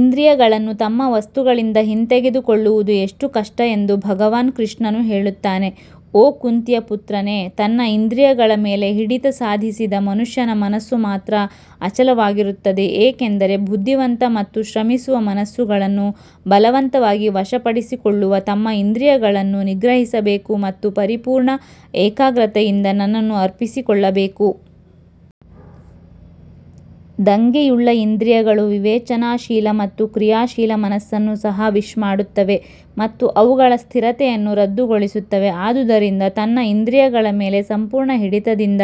ಇಂದ್ರಿಯಗಳನ್ನು ತಮ್ಮ ವಸ್ತುಗಳಿಂದ ಹಿಂತೆಗೆದುಕೊಳ್ಳುವುದು ಎಷ್ಟು ಕಷ್ಟ ಎಂದು ಭಗವಾನ್ ಕೃಷ್ಣನು ಹೇಳುತ್ತಾನೆ ಓ ಕುಂತಿಯ ಪುತ್ರನೇ, ತನ್ನ ಇಂದ್ರಿಯಗಳ ಮೇಲೆ ಹಿಡಿತ ಸಾಧಿಸಿದ ಮನುಷ್ಯನ ಮನಸ್ಸು ಮಾತ್ರ ಅಚಲವಾಗಿರುತ್ತದೆ ಏಕೆಂದರೆ ಬುದ್ಧಿವಂತ ಮತ್ತು ಶ್ರಮಿಸುವ ಮನಸ್ಸುಗಳನ್ನು ಬಲವಂತವಾಗಿ ವಶಪಡಿಸಿಕೊಳ್ಳುವ ತಮ್ಮ ಇಂದ್ರಿಯಗಳನ್ನು ನಿಗ್ರಹಿಸಬೇಕು ಮತ್ತು ಪರಿಪೂರ್ಣ ಏಕಾಗ್ರತೆಯಿಂದ ನನ್ನನ್ನು ಅರ್ಪಿಸಿಕೊಳ್ಳಬೇಕು. ದಂಗೆಯುಳ್ಳ ಇಂದ್ರಿಯಗಳು ವಿವೇಚನಾಶೀಲ ಮತ್ತು ಕ್ರಿಯಾಶೀಲ ಮನಸ್ಸನ್ನು ಸಹ ವಿಶ್ ಮಾಡುತ್ತವೆ ಮತ್ತು ಅವುಗಳ ಸ್ಥಿರತೆಯನ್ನು ರದ್ದುಗೊಳಿಸುತ್ತವೆ ಆದುದರಿಂದ ತನ್ನ ಇಂದ್ರಿಯಗಳ ಮೇಲೆ ಸಂಪೂರ್ಣ ಹಿಡಿತದಿಂದ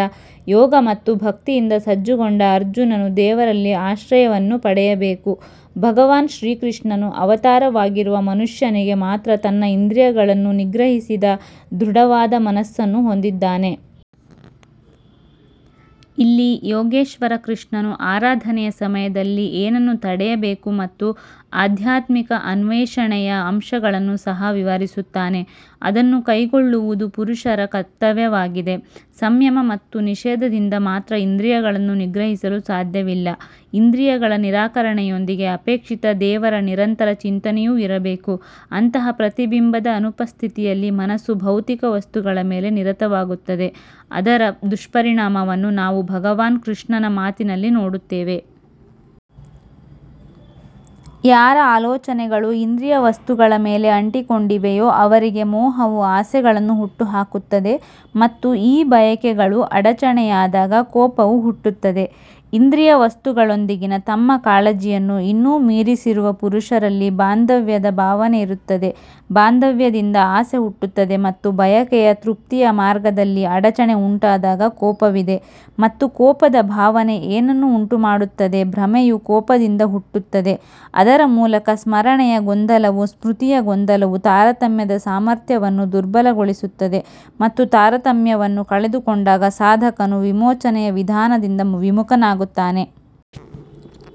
ಯೋಗ ಮತ್ತು ಭಕ್ತಿಯಿಂದ ಸಜ್ಜುಗೊಂಡ ಅರ್ಜುನನು ದೇವರಲ್ಲಿ ಆಶ್ರಯವನ್ನು ಪಡೆಯಬೇಕು, ಭಗವಾನ್ ಶ್ರೀಕೃಷ್ಣನು ಅವತಾರವಾಗಿರುವ ಮನುಷ್ಯನಿಗೆ ಮಾತ್ರ ತನ್ನ ಇಂದ್ರಿಯಗಳನ್ನು ನಿಗ್ರಹಿಸಿದ ದೃಢವಾದ ಮನಸ್ಸನ್ನು ಹೊಂದಿದ್ದಾನೆ. ಇಲ್ಲಿ ಯೋಗೇಶ್ವರ ಕೃಷ್ಣನು ಆರಾಧನೆಯ ಸಮಯದಲ್ಲಿ ಏನನ್ನು ತಡೆಯಬೇಕು ಮತ್ತು ಆಧ್ಯಾತ್ಮಿಕ ಅನ್ವೇಷಣೆಯ ಅಂಶಗಳನ್ನು ಸಹ ವಿವರಿಸುತ್ತಾನೆ ಅದನ್ನು ಕೈಗೊಳ್ಳುವುದು ಪುರುಷರ ಕರ್ತವ್ಯವಾಗಿದೆ. ಸಂಯಮ ಮತ್ತು ನಿಷೇಧದಿಂದ ಮಾತ್ರ ಇಂದ್ರಿಯಗಳನ್ನು ನಿಗ್ರಹಿಸಲು ಸಾಧ್ಯವಿಲ್ಲ ಇಂದ್ರಿಯಗಳ ನಿರಾಕರಣೆಯೊಂದಿಗೆ ಅಪೇಕ್ಷಿತ ದೇವರ ನಿರಂತರ ಚಿಂತನೆಯೂ ಇರಬೇಕು ಅಂತಹ ಪ್ರತಿಬಿಂಬದ ಅನುಪಸ್ಥಿತಿಯಲ್ಲಿ ಮನಸ್ಸು ಭೌತಿಕ ವಸ್ತುಗಳ ಮೇಲೆ ನಿರತವಾಗುತ್ತದೆ ಅದರ ದುಷ್ಪರಿಣಾಮವನ್ನು ನಾವು ಭಗವಾನ್ ಕೃಷ್ಣನ ಮಾತಿನಲ್ಲಿ ನೋಡುತ್ತೇವೆ. ಯಾರ ಆಲೋಚನೆಗಳು ಇಂದ್ರಿಯ ವಸ್ತುಗಳ ಮೇಲೆ ಅಂಟಿಕೊಂಡಿವೆಯೋ ಅವರಿಗೆ ಮೋಹವು ಆಸೆಗಳನ್ನು ಹುಟ್ಟುಹಾಕುತ್ತದೆ ಮತ್ತು ಈ ಬಯಕೆಗಳು ಅಡಚಣೆಯಾದಾಗ ಕೋಪವು ಹುಟ್ಟುತ್ತದೆ. ಇಂದ್ರಿಯ ವಸ್ತುಗಳೊಂದಿಗಿನ ತಮ್ಮ ಕಾಳಜಿಯನ್ನು ಇನ್ನೂ ಮೀರಿಸಿರುವ ಪುರುಷರಲ್ಲಿ ಬಾಂಧವ್ಯದ ಭಾವನೆ ಇರುತ್ತದೆ ಬಾಂಧವ್ಯದಿಂದ ಆಸೆ ಹುಟ್ಟುತ್ತದೆ ಮತ್ತು ಬಯಕೆಯ ತೃಪ್ತಿಯ ಮಾರ್ಗದಲ್ಲಿ ಅಡಚಣೆ ಉಂಟಾದಾಗ ಕೋಪವಿದೆ ಮತ್ತು ಕೋಪದ ಭಾವನೆ ಏನನ್ನು ಉಂಟುಮಾಡುತ್ತದೆ ಭ್ರಮೆಯು ಕೋಪದಿಂದ ಹುಟ್ಟುತ್ತದೆ, ಅದರ ಮೂಲಕ ಸ್ಮರಣೆಯ ಗೊಂದಲವು ಸ್ಮೃತಿಯ ಗೊಂದಲವು ತಾರತಮ್ಯದ ಸಾಮರ್ಥ್ಯವನ್ನು ದುರ್ಬಲಗೊಳಿಸುತ್ತದೆ ಮತ್ತು ತಾರತಮ್ಯವನ್ನು ಕಳೆದುಕೊಂಡಾಗ ಸಾಧಕನು ವಿಮೋಚನೆಯ ವಿಧಾನದಿಂದ ವಿಮುಖನಾಗುತ್ತಾನೆ.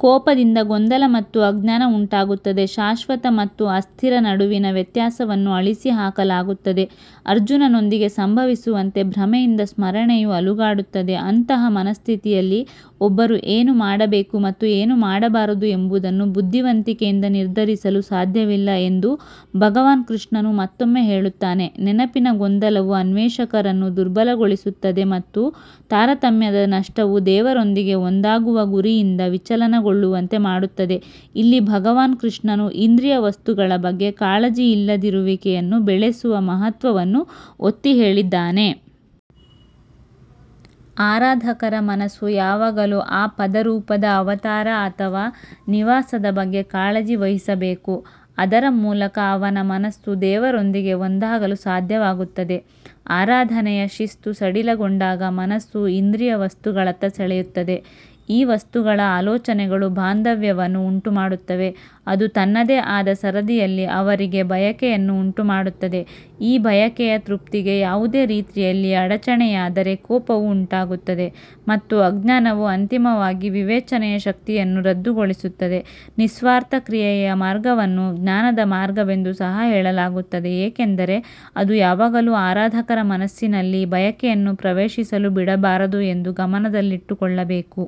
ಕೋಪದಿಂದ ಗೊಂದಲ ಮತ್ತು ಅಜ್ಞಾನ ಉಂಟಾಗುತ್ತದೆ ಶಾಶ್ವತ ಮತ್ತು ಅಸ್ಥಿರ ನಡುವಿನ ವ್ಯತ್ಯಾಸವನ್ನು ಅಳಿಸಿಹಾಕಲಾಗುತ್ತದೆ ಅರ್ಜುನನೊಂದಿಗೆ ಸಂಭವಿಸುವಂತೆ ಭ್ರಮೆಯಿಂದ ಸ್ಮರಣೆಯು ಅಲುಗಾಡುತ್ತದೆ ಅಂತಹ ಮನಸ್ಥಿತಿಯಲ್ಲಿ ಒಬ್ಬರು ಏನು ಮಾಡಬೇಕು ಮತ್ತು ಏನು ಮಾಡಬಾರದು ಎಂಬುದನ್ನು ಬುದ್ಧಿವಂತಿಕೆಯಿಂದ ನಿರ್ಧರಿಸಲು ಸಾಧ್ಯವಿಲ್ಲ ಎಂದು ಭಗವಾನ್ ಕೃಷ್ಣನು ಮತ್ತೊಮ್ಮೆ ಹೇಳುತ್ತಾನೆ ನೆನಪಿನ ಗೊಂದಲವು ಅನ್ವೇಷಕರನ್ನು ದುರ್ಬಲಗೊಳಿಸುತ್ತದೆ ಮತ್ತು ತಾರತಮ್ಯದ ನಷ್ಟವು ದೇವರೊಂದಿಗೆ ಒಂದಾಗುವ ಗುರಿಯಿಂದ ವಿಚಲನಗೊಳ್ಳುವಂತೆ ಮಾಡುತ್ತದೆ ಇಲ್ಲಿ ಭಗವಾನ್ ಕೃಷ್ಣನು ಇಂದ್ರಿಯ ವಸ್ತುಗಳ ಬಗ್ಗೆ ಕಾಳಜಿಯಿಲ್ಲದಿರುವಿಕೆಯನ್ನು ಬೆಳೆಸುವ ಮಹತ್ವವನ್ನು ಒತ್ತಿಹೇಳಿದ್ದಾನೆ. ಆರಾಧಕರ ಮನಸ್ಸು ಯಾವಾಗಲೂ ಆ ಪದ ರೂಪದ ಅವತಾರ ಅಥವಾ ನಿವಾಸದ ಬಗ್ಗೆ ಕಾಳಜಿ ವಹಿಸಬೇಕು, ಅದರ ಮೂಲಕ ಅವನ ಮನಸ್ಸು ದೇವರೊಂದಿಗೆ ಒಂದಾಗಲು ಸಾಧ್ಯವಾಗುತ್ತದೆ. ಆರಾಧನೆಯ ಶಿಸ್ತು ಸಡಿಲಗೊಂಡಾಗ ಮನಸ್ಸು ಇಂದ್ರಿಯ ವಸ್ತುಗಳತ್ತ ಸೆಳೆಯುತ್ತದೆ ಈ ವಸ್ತುಗಳ ಆಲೋಚನೆಗಳು ಬಾಂಧವ್ಯವನ್ನು ಉಂಟುಮಾಡುತ್ತವೆ, ಅದು ತನ್ನದೇ ಆದ ಸರದಿಯಲ್ಲಿ ಅವರಿಗೆ ಬಯಕೆಯನ್ನು ಉಂಟುಮಾಡುತ್ತದೆ ಈ ಬಯಕೆಯ ತೃಪ್ತಿಗೆ ಯಾವುದೇ ರೀತಿಯಲ್ಲಿ ಅಡಚಣೆಯಾದರೆ ಕೋಪವು ಉಂಟಾಗುತ್ತದೆ ಮತ್ತು ಅಜ್ಞಾನವು ಅಂತಿಮವಾಗಿ ವಿವೇಚನೆಯ ಶಕ್ತಿಯನ್ನು ರದ್ದುಗೊಳಿಸುತ್ತದೆ ನಿಸ್ವಾರ್ಥ ಕ್ರಿಯೆಯ ಮಾರ್ಗವನ್ನು ಜ್ಞಾನದ ಮಾರ್ಗವೆಂದು ಸಹ ಹೇಳಲಾಗುತ್ತದೆ ಏಕೆಂದರೆ ಅದು ಯಾವಾಗಲೂ ಆರಾಧಕರ ಮನಸ್ಸಿನಲ್ಲಿ ಬಯಕೆಯನ್ನು ಪ್ರವೇಶಿಸಲು ಬಿಡಬಾರದು ಎಂದು ಗಮನದಲ್ಲಿಟ್ಟುಕೊಳ್ಳಬೇಕು.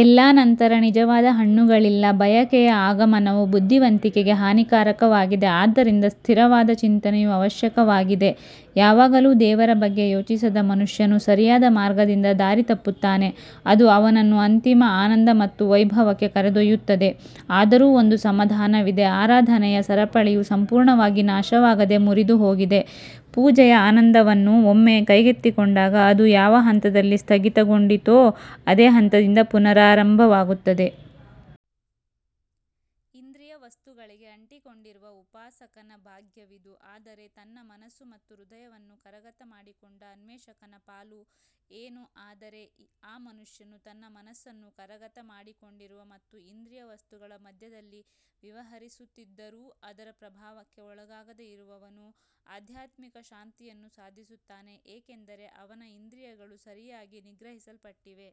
ಎಲ್ಲಾ ನಂತರ ನಿಜವಾದ ಹಣ್ಣುಗಳಿಲ್ಲ ಬಯಕೆಯ ಆಗಮನವು ಬುದ್ಧಿವಂತಿಕೆಗೆ ಹಾನಿಕಾರಕವಾಗಿದೆ ಆದ್ದರಿಂದ ಸ್ಥಿರವಾದ ಚಿಂತನೆಯು ಅವಶ್ಯಕವಾಗಿದೆ ಯಾವಾಗಲೂ ದೇವರ ಬಗ್ಗೆ ಯೋಚಿಸದ ಮನುಷ್ಯನು ಸರಿಯಾದ ಮಾರ್ಗದಿಂದ ದಾರಿ ತಪ್ಪುತ್ತಾನೆ, ಅದು ಅವನನ್ನು ಅಂತಿಮ ಆನಂದ ಮತ್ತು ವೈಭವಕ್ಕೆ ಕರೆದೊಯ್ಯುತ್ತದೆ. ಆದರೂ ಒಂದು ಸಮಾಧಾನವಿದೆ ಆರಾಧನೆಯ ಸರಪಳಿಯು ಸಂಪೂರ್ಣವಾಗಿ ನಾಶವಾಗದೆ ಮುರಿದುಹೋಗಿದೆ ಪೂಜೆಯ ಆನಂದವನ್ನು ಒಮ್ಮೆ ಕೈಗೆತ್ತಿಕೊಂಡಾಗ ಅದು ಯಾವ ಹಂತದಲ್ಲಿ ಸ್ಥಗಿತಗೊಂಡಿತೋ ಅದೇ ಹಂತದಿಂದ ಪುನರಾರಂಭವಾಗುತ್ತದೆ. ಇಂದ್ರಿಯ ವಸ್ತುಗಳಿಗೆ ಅಂಟಿಕೊಂಡಿರುವ ಉಪಾಸಕನ ಭಾಗ್ಯವಿದು ಆದರೆ ತನ್ನ ಮನಸ್ಸು ಮತ್ತು ಹೃದಯವನ್ನು ಕರಗತ ಮಾಡಿಕೊಂಡ ಅನ್ವೇಷಕನ ಪಾಲು ಏನು ಆದರೆ ಆ ಮನುಷ್ಯನು ತನ್ನ ಮನಸ್ಸನ್ನು ಕರಗತ ಮಾಡಿಕೊಂಡಿರುವ ಮತ್ತು ಇಂದ್ರಿಯ ವಸ್ತುಗಳ ಮಧ್ಯದಲ್ಲಿ ವಿಹರಿಸುತ್ತಿದ್ದರೂ ಅದರ ಪ್ರಭಾವಕ್ಕೆ ಒಳಗಾಗದೇ ಇರುವವನು ಆಧ್ಯಾತ್ಮಿಕ ಶಾಂತಿಯನ್ನು ಸಾಧಿಸುತ್ತಾನೆ ಏಕೆಂದರೆ ಅವನ ಇಂದ್ರಿಯಗಳು ಸರಿಯಾಗಿ ನಿಗ್ರಹಿಸಲ್ಪಟ್ಟಿವೆ.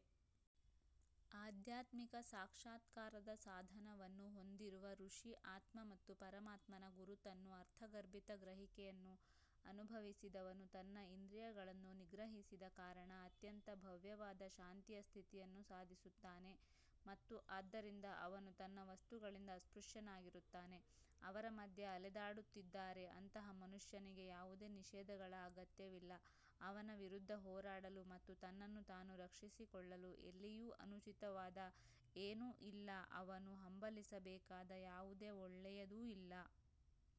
ಆಧ್ಯಾತ್ಮಿಕ ಸಾಕ್ಷಾತ್ಕಾರದ ಸಾಧನವನ್ನು ಹೊಂದಿರುವ ಋಷಿ ಆತ್ಮ ಮತ್ತು ಪರಮಾತ್ಮನ ಗುರುತನ್ನು ಅರ್ಥಗರ್ಭಿತ ಗ್ರಹಿಕೆಯನ್ನು ಅನುಭವಿಸಿದವನು ತನ್ನ ಇಂದ್ರಿಯಗಳನ್ನು ನಿಗ್ರಹಿಸಿದ ಕಾರಣ ಅತ್ಯಂತ ಭವ್ಯವಾದ ಶಾಂತಿಯ ಸ್ಥಿತಿಯನ್ನು ಸಾಧಿಸುತ್ತಾನೆ ಮತ್ತು ಆದ್ದರಿಂದ ಅವನು ತನ್ನ ವಸ್ತುಗಳಿಂದ ಅಸ್ಪೃಶ್ಯನಾಗಿರುತ್ತಾನೆ. ಅವರ ಮಧ್ಯೆ ಅಲೆದಾಡುತ್ತಿದ್ದಾರೆ ಅಂತಹ ಮನುಷ್ಯನಿಗೆ ಯಾವುದೇ ನಿಷೇಧಗಳ ಅಗತ್ಯವಿಲ್ಲ ಅವನ ವಿರುದ್ಧ ಹೋರಾಡಲು ಮತ್ತು ತನ್ನನ್ನು ತಾನು ರಕ್ಷಿಸಿಕೊಳ್ಳಲು ಎಲ್ಲಿಯೂ ಅನುಚಿತವಾದ ಏನೂ ಇಲ್ಲ ಅವನು ಹಂಬಲಿಸಬೇಕಾದ ಯಾವುದೇ ಒಳ್ಳೆಯದೂ ಇಲ್ಲ.